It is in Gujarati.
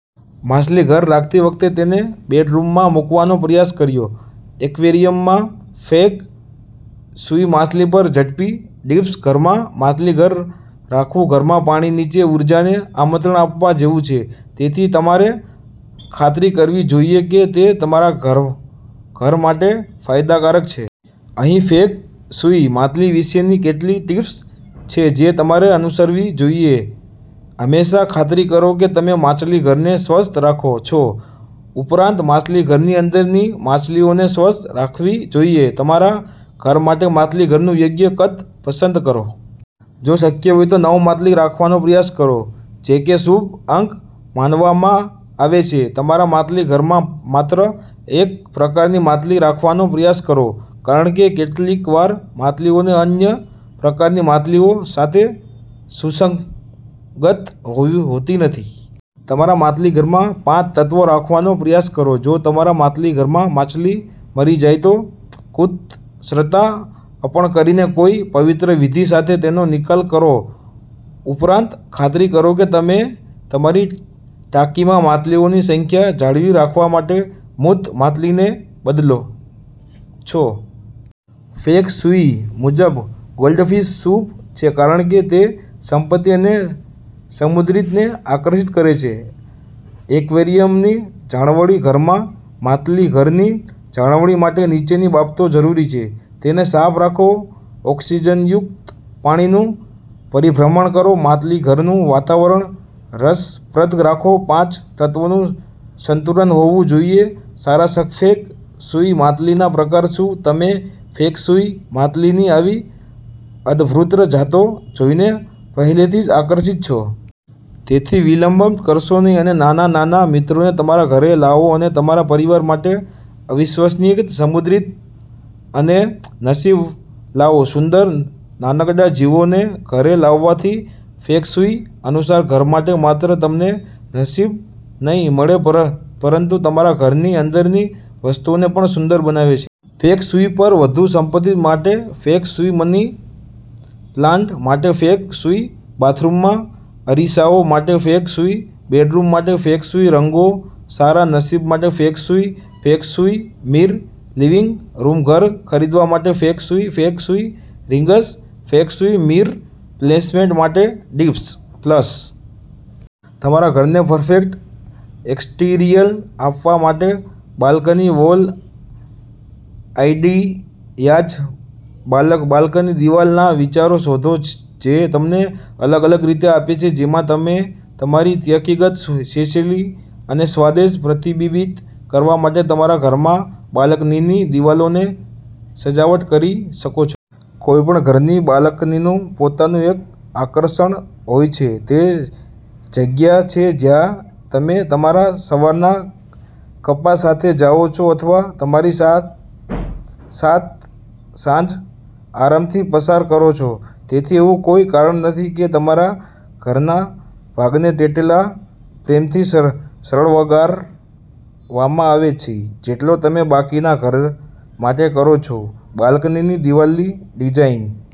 માછલીઘર રાખતી વખતે, તેને બેડરૂમમાંમૂકવાનો પ્રયાસ કરો. એક્વેરિયમમાં ફેંગ શુઇ માછલી પર ઝડપી ટિપ્સ ઘરમાં માછલીઘર રાખવુંઘરમાં પાણીની ઊર્જાને આમંત્રણ આપવા જેવું છે. તેથી તમારે ખાતરી કરવી જોઈએ કે તે તમારા ઘર માટે ફાયદાકારક છે. અહીં ફેંગ શુઇ માછલી વિશેની કેટલીક ટીપ્સ છે જે તમારે અનુસરવી જોઈએહંમેશા ખાતરી કરો કે તમે માછલીઘરને સ્વચ્છ રાખો છો. ઉપરાંત, માછલીઘરની અંદરની માછલીઓને સ્વસ્થ રાખવી જોઈએ. તમારા ઘર માટે માછલીઘરનું યોગ્ય કદ પસંદ કરો. જો શક્ય હોય તો, નવ માછલી રાખવાનો પ્રયાસ કરો, જે એક શુભ અંક માનવામાં આવે છે. તમારા માછલીઘરમાં માત્ર એકપ્રકારની માછલી રાખવાનો પ્રયાસ કરો કારણ કે કેટલીકવાર માછલીઓ અન્ય પ્રકારની માછલીઓ સાથે સુસંગત હોતી નથી. તમારા માછલીઘરમાં પાંચ તત્વો રાખવાનો પ્રયાસ કરો. જો તમારા માછલીઘરમાં માછલી મરી જાય, તો કૃતજ્ઞતા અર્પણ કરીને કોઈ પવિત્ર વિધિ સાથે તેનો નિકાલ કરો. ઉપરાંત, ખાતરી કરો કે તમે તમારી ટાંકીમાં માછલીઓની સંખ્યા જાળવી રાખવા માટે મૃત માછલીને બદલો છો. ફેંગ શુઇ મુજબ, ગોલ્ડફિશ શુભ છે કારણ કે તે સંપત્તિ અને સમૃદ્ધિને આકર્ષિત કરે છે. એક્વેરિયમની જાળવણી ઘરમાં માછલીઘરની જાળવણી માટે નીચેની બાબતો જરૂરી છે. તેને સાફ રાખો ઓક્સિજનયુક્ત પાણીનું પરિભ્રમણ કરો માછલીઘરનું વાતાવરણ રસપ્રદ રાખો પાંચ તત્વોનું સંતુલન હોવું જોઈએ સારાંશફેંગ શુઇ માછલીના પ્રકાર શું તમે ફેંગ શુઇ માછલીની આવી અદ્ભુત જાતો જોઈને પહેલેથીઆકર્ષિત છો? તેથી, વિલંબ કરશો નહીં અને નાના નાના મિત્રોને તમારા ઘરે લાવો અને તમારા પરિવાર માટે અવિશ્વસનીય સમૃદ્ધિ અને નસીબ લાવો. સુંદર નાનકડા જીવોને ઘરે લાવવાથી ફેંગશુઈ અનુસાર ઘર માટે માત્ર તમને નસીબનહીં મળે પરંતુ તમારા ઘરની અંદરની વસ્તુઓને પણ સુંદર બનાવશે. ફેંગ શુઇ પર વધુ સંપત્તિ માટે ફેંગ શુઇ મની પ્લાન્ટ માટે ફેંગ શુઇ બાથરૂમમાં અરીસાઓ માટે ફેંગ શુઇ બેડરૂમ માટે ફેંગ શુઇ રંગો સારા નસીબ માટે feng shui feng shui mirror living room ઘર ખરીદવા માટે feng shui feng shui rings feng shui mirror placement માટેની ટિપ્સ+.. તમારા ઘરને પરફેક્ટ એક્સટીરિયર આપવા માટે બાલ્કની વોલ આઈડિયાઝ બાલ્કની દિવાલના વિચારો શોધો જે તમને અલગ અલગ રીતે આપે છે જેમાં તમે તમારી વ્યક્તિગત શૈલી અને સ્વાદને પ્રતિબિંબિત કરવા માટે તમારા ઘરમાં બાલ્કનીની દિવાલોને સજાવટ કરી શકો છો. કોઈપણ ઘરની બાલ્કનીનું પોતાનું એક આકર્ષણ હોય છે. તે જગ્યા છે જ્યાં તમે તમારા સવારના કપા સાથે જાઓ છો અથવા તમારી શાંત સાંજ આરામથી પસાર કરો છો. તેથી, એવું કોઈ કારણ નથી કે તમારા ઘરનાભાગને તેટલા પ્રેમથી શણગારવામાંઆવે જેટલો તમે બાકીના ઘર માટે કરો છો. બાલ્કનીની દિવાલની ડિઝાઇન